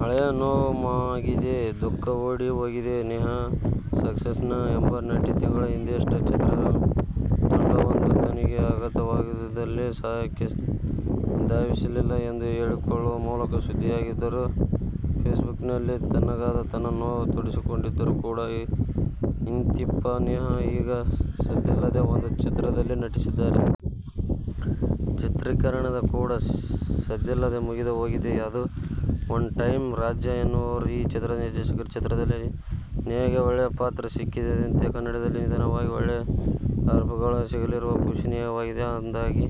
ಹಳೆಯ ನೋವು ಮಾಗಿದೆ, ದುಃಖ ಓಡಿ ಹೋಗಿದೆ. ನೇಹಾ ಸಕ್ಸೇನಾ ಎಂಬ ನಟಿ ತಿಂಗಳ ಹಿಂದೆಯಷ್ಟೇ ಚಿತ್ರತಂಡವೊಂದು ತನಗೆ ಅಪಘಾತವಾದಾಗಲೂ ಸಹಾಯಕ್ಕೆ ಧಾವಿಸಲಿಲ್ಲ ಎಂದು ಹೇಳಿಕೊಳ್ಳುವ ಮೂಲಕ ಸುದ್ದಿಯಾಗಿದ್ದರು. ಫೇಸ್ಬುಕ್ನಲ್ಲಿ ತನ್ನಗಾದ ತನ್ನ ನೋವು ತೋಡಿಕೊಂಡಿದ್ದರು ಕೂಡಾ. ಇಂತಿಪ್ಪ ನೇಹಾ ಈಗ ಸದ್ದಿಲ್ಲದೇ ಒಂದು ಚಿತ್ರದಲ್ಲಿ ನಟಿಸಿದ್ದಾರೆ. ಚಿತ್ರೀಕರಣ ಕೂಡಾ ಸದ್ದಿಲ್ಲದೇ ಮುಗಿದು ಹೋಗಿದೆ. ಅದು "ಒನ್ ಟೈಮ್'. ರಾಜ್ ಎನ್ನುವವರು ಈ ಚಿತ್ರದ ನಿರ್ದೇಶಕರು. ಚಿತ್ರದಲ್ಲಿ ನೇಹಾಗೆ ಒಳ್ಳೆಯ ಪಾತ್ರ ಸಿಕ್ಕಿದೆಯಂತೆ. ಕನ್ನಡದಲ್ಲಿ ನಿಧಾನವಾಗಿ ಒಳ್ಳೆಯ ಆಫರ್ಗಳು ಸಿಗುತ್ತಿರುವ ಖುಷಿ ನೇಹಾಗಿದೆ. ಅಂದಹಾಗೆ,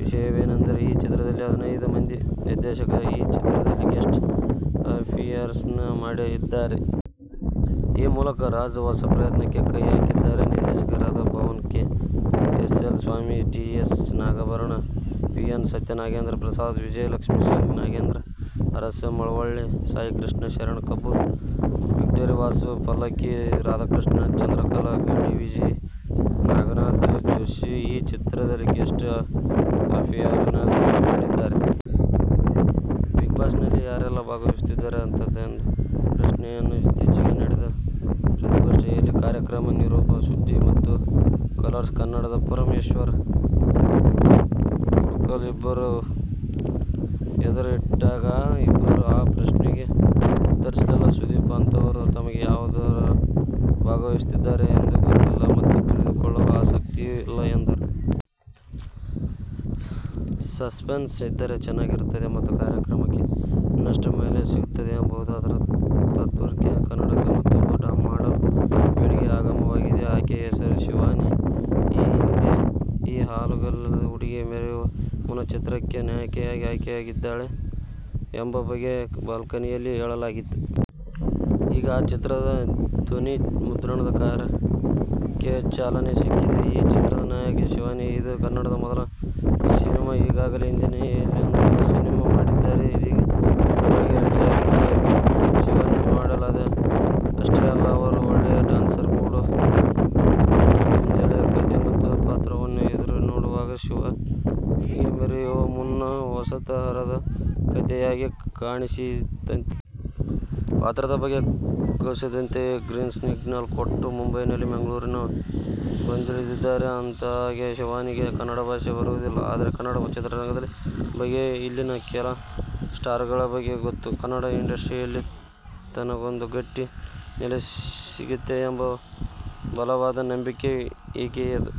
ವಿಶೇಷವೆಂದರೆ ಈ ಚಿತ್ರದಲ್ಲಿ ಹದಿನೈದು ಮಂದಿ ನಿರ್ದೇಶಕರ ಈ ಚಿತ್ರದಲ್ಲಿ ಗೆಸ್ಟ್ ಅಪಿಯರೆನ್ಸ್ ಮಾಡಿದ್ದಾರೆ. ಈ ಮೂಲಕ ರಾಜ್ ಹೊಸ ಪ್ರಯತ್ನಕ್ಕೆ ಕೈ ಹಾಕಿದ್ದಾರೆ. ನಿರ್ದೇಶಕರಾದ Bhagwan, K. S. L. Swamy, T. S. Nagabharana, P. N. Sathya, Nagendra Prasad, Vijayalakshmi Singh, Nagendra Urs, Malavalli Saikrishna, Sharan Kabbur, Victory Vasu, Pallakki Radhakrishna, Chandrakala, Gaddaviji, Naganatha Joshi ಈ ಚಿತ್ರದಲ್ಲಿ ಗೆಸ್ಟ್ ಅಪಿಯರೆನ್ಸ್ ಮಾಡಿದ್ದಾರೆ. ಬಿಗ್ ಬಾಸ್ನಲ್ಲಿ ಯಾರೆಲ್ಲಾ ಭಾಗವಹಿಸುತ್ತಿದ್ದಾರೆ? ಇಂಥದ್ದೊಂದು ಪ್ರಶ್ನೆಯನ್ನು ಇತ್ತೀಚೆಗೆ ನಡೆದ ಪತ್ರಿಕಾಗೋಷ್ಠಿಯಲ್ಲಿ ಕಾರ್ಯಕ್ರಮದ ನಿರೂಪಕ ಸುದೀಪ್ ಮತು ಕಲರ್ಸ್ ಕನ್ನಡದ ಪರಮೇಶ್ವರ್ ಗುಂಡ್ಕಲ್ ಇಬ್ಬರ ಎದುರು ಇಟ್ಟಾಗ, ಇಬ್ಬರೂ ಆ ಪ್ರಶ್ನೆಗೆ ಉತ್ತರಿಸಲಿಲ್ಲ. ಸುದೀಪ್ ಅವರಂತೂ ತಮಗೆ ಯಾರ್ಯಾರು ಭಾಗವಹಿಸುತ್ತಿದ್ದಾರೆ ಎಂದೇ ಗೊತ್ತಿಲ್ಲ ಮತ್ತು ತಿಳಿದುಕೊಳ್ಳುವ ಆಸಕ್ತಿಯೂ ಇಲ್ಲ ಎಂದರು. ಸಸ್ಪೆನ್ಸ್ ಇದ್ದರೆ ಚೆನ್ನಾಗಿರುತ್ತದೆ ಮತ್ತು ಕಾರ್ಯಕ್ರಮಕ್ಕೆ ಇನ್ನಷ್ಟು ಮೈಲೇಜ್ ಸಿಗುತ್ತದೆ ಎಂಬುದು ಅವರ ತಾತ್ಪರ್ಯ. ಕನ್ನಡಕ್ಕೆ ಮತ್ತೂಬ್ಬ ಮಾಡೆಲ್ ಬೆಡಗಿಯ ಆಗಮನವಾಗಿದೆ. ಆಕೆಯ ಹೆಸರು ಶಿವಾನಿ. ಈ ಹಿಂದೆ ಈ ಹಾಲುಗಲ್ಲದ ಹುಡುಗಿ 'ಮರೆಯುವ ಮುನ್ನ' ಚಿತ್ರಕ್ಕೆ ನಾಯಕಿಯಾಗಿ ಆಯ್ಕೆಯಾಗಿದ್ದಾಳೆ ಎಂಬ ಬಗ್ಗೆ ಬಾಲ್ಕನಿಯಲ್ಲಿ ಹೇಳಲಾಗಿತ್ತು. ಈಗ ಆ ಚಿತ್ರದ ಧ್ವನಿಮುದ್ರಣ ಕಾರ್ಯಕ್ಕೆ ಚಾಲನೆ ಸಿಕ್ಕಿದೆ. ಈ ಚಿತ್ರದ ನಾಯಕಿ ಶಿವಾನಿಗೆ ಇದು ಕನ್ನಡದ ಮೊದಲ ಸಿನಿಮಾ. ಈಗಾಗಲೇ ಹಿಂದಿಯಲ್ಲೊಂದು ಸಿನಿಮಾ ಮಾಡಿದ್ದಾರೆ. ಅದೀಗ ಬಿಡುಗಡೆಗೆ ರೆಡಿಯಾಗಿದೆ. ಶಿವಾನಿ ಮಾಡೆಲ್ ಅಷ್ಟೇ ಅಲ್ಲ, ಅವರು ಒಳ್ಳೆಯ ಡ್ಯಾನ್ಸರ್ ಕೂಡ. ಒಂದೊಳ್ಳೆಯ ಕಥೆ ಮತ್ತು ಪಾತ್ರವನ್ನು ಎದುರುನೋಡುತ್ತಿದ್ದ ಶಿವಾನಿಗೆ, 'ಮರೆಯುವ ಮುನ್ನ' ಹೊಸತರಹದ ಕಥೆಯಾಗಿ ಕಾಣಿಸಿತಂತೆ. ಪಾತ್ರದ ಬಗ್ಗೆ ಕೇಳುತ್ತಿದ್ದಂತೆಯೇ ಗ್ರೀನ್ಸಿಗ್ನಲ್ ಕೊಟ್ಟು, ಮುಂಬೈನಿಂದ ಬೆಂಗಳೂರಿಗೆ ಬಂದಿಳಿದಿದ್ದಾರೆ. ಅಂದಹಾಗೆ, ಶಿವಾನಿಗೆ ಕನ್ನಡ ಭಾಷೆ ಬರೋದಿಲ್ಲ. ಆದರೆ, ಕನ್ನಡ ಚಿತ್ರರಂಗದ ಬಗ್ಗೆ ಇಲ್ಲಿನ ಕೆಲ ಸ್ಟಾರ್ಗಳ ಬಗ್ಗೆ ಗೊತ್ತು. ಕನ್ನಡ ಇಂಡಸ್ಟ್ರಿಯಲ್ಲಿ ತನಗೊಂದು ಗಟ್ಟಿ ನೆಲೆ ಸಿಗುತ್ತೆ ಎಂಬ ಬಲವಾದ ನಂಬಿಕೆ ಈಕೆಯದು.